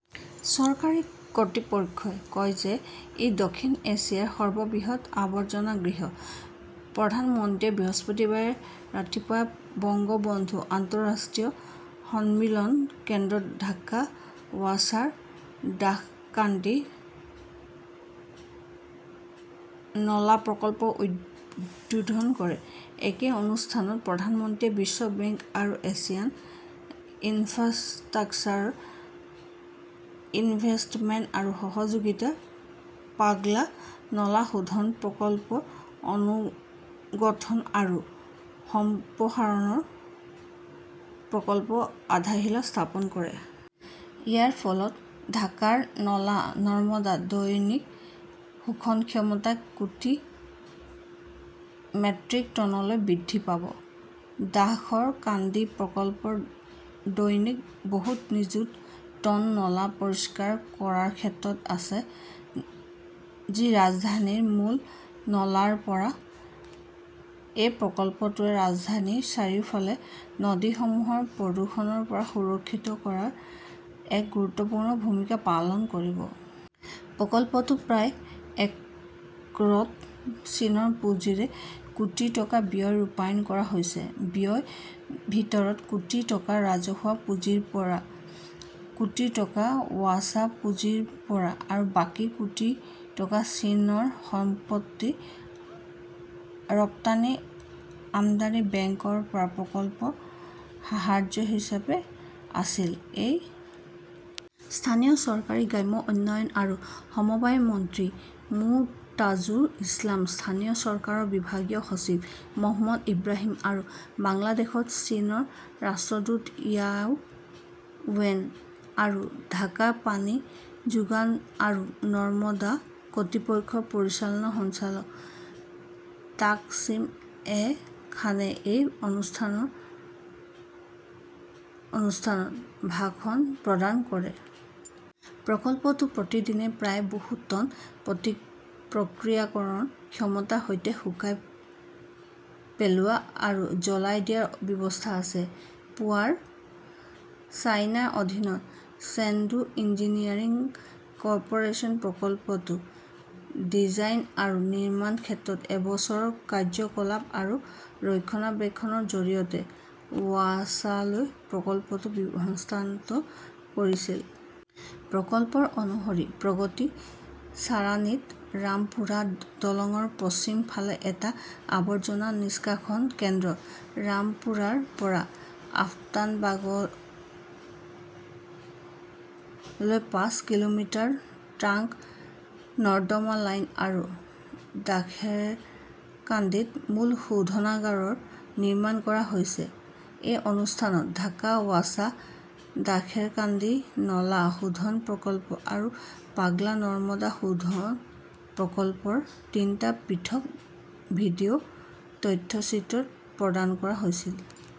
চৰকাৰী কৰ্তৃপক্ষই কয় যে ই দক্ষিণ এছিয়াৰ সৰ্ববৃহৎ আৱৰ্জনাগৃহ। প্ৰধানমন্ত্ৰীয়ে বৃহস্পতিবাৰে ৰাতিপুৱা বঙ্গবন্ধু আন্তঃৰাষ্ট্ৰীয় সন্মিলন কেন্দ্ৰত ঢাকা ৱাছাৰ দাসৰকান্দি নলা প্ৰকল্প উদ্বোধন কৰে। একে অনুষ্ঠানত প্ৰধানমন্ত্ৰীয়ে বিশ্ব বেংক আৰু এছিয়ান ইনফ্ৰাষ্ট্ৰাকচাৰ ইনভেষ্টমেণ্ট আৰু সহযোগিতাত পাগলা নলা শোধন প্ৰকল্পৰ অনুগঠন আৰু সম্প্ৰসাৰণ প্ৰকল্পৰ আধাৰশিলা স্থাপন কৰে। ইয়াৰ ফলত ঢাকাৰ নলা-নমদা দৈনিক শোধন ক্ষমতা কোটি মেট্ৰিক টনলৈ বৃদ্ধি পাব। দাসৰকান্দি প্ৰকল্পত দৈনিক বহুত নিযুত টন নলা পৰিষ্কাৰ কৰাৰ ক্ষমতা আছে, যি ৰাজধানীৰ মুঠ নলাৰ ৰ পৰা। এই প্ৰকল্পটোৱে ৰাজধানীৰ চাৰিওফালৰ নদীসমূহক প্ৰদূষণৰ পৰা সুৰক্ষিত কৰাত এক গুৰুত্বপূৰ্ণ ভূমিকা পালন কৰিব। প্ৰকল্পটো প্ৰায় একৰত চীনৰ পুঁজিৰে কোটি টকা ব্যয়েৰে ৰূপায়ণ কৰা হৈছিল। ব্যয়ৰ ভিতৰত কোটি টকা ৰাজহুৱা পুঁজিৰ পৰা, কোটি টকা ৱাছা পুঁজিৰ পৰা আৰু বাকী কোটি টকা চীনৰ ৰপ্তানি-আমদানি বেংকৰ পৰা প্ৰকল্প সাহায্য হিচাপে আহিছিল। এই স্থানীয় চৰকাৰ, গ্ৰাম্য উন্নয়ন আৰু সমবায় মন্ত্ৰী মো. তাজুল ইছলাম, স্থানীয় চৰকাৰ বিভাগৰ সচিব মহম্মদ ইব্ৰাহিম আৰু বাংলাদেশত চীনৰ ৰাষ্ট্ৰদূত ইয়াও ৱেইন আৰু ঢাকা পানী যোগান আৰু নৰ্দমা কৰ্তৃপক্ষৰ পৰিচালন সঞ্চালক তাকসিম এ খানে এই অনুষ্ঠানত ভাষণ প্ৰদান কৰে। প্ৰকল্পটোত প্ৰতিদিনে প্ৰায় বহুত টন প্ৰক্ৰিয়াকৰণ ক্ষমতাৰ সৈতে শুকাই পেলোৱা আৰু জ্বলাই দিয়াৰ ব্যৱস্থা আছে। পাৱাৰ চাইনাৰ অধীনত চেংডু ইঞ্জিনিয়াৰিং কৰ্পোৰেচনে প্ৰকল্পটোৰ ডিজাইন আৰু নিৰ্মাণৰ শেষত এবছৰৰ কাৰ্য্যকলাপ আৰু ৰক্ষণাবেক্ষণৰ জৰিয়তে ৱাছালৈ প্ৰকল্পটো হস্তান্তৰ কৰিছিল। প্ৰকল্প অনুসৰি, প্ৰগতি ছাৰানীত ৰামপুৰা দলংৰ পশ্চিম ফালে এটা আৱৰ্জনা নিষ্কাশন কেন্দ্ৰ, ৰামপুৰাৰ পৰা আফতাবনগৰলৈ পাঁচ কিলোমিটাৰ ট্ৰাংক নৰ্দমা লাইন আৰু দাশেৰকাণ্ডীত মূল শোধনাগাৰ নিৰ্মাণ কৰা হৈছে। এই অনুষ্ঠানত ঢাকা ৱাছা, দাশেৰকান্দি নলা শোধন প্ৰকল্প আৰু পাগলা নৰ্দমা শোধন প্ৰকল্পৰ তিনিটা পৃথক ভিডিঅ 'তথ্যচিত্ৰ প্ৰদান কৰা হৈছিল।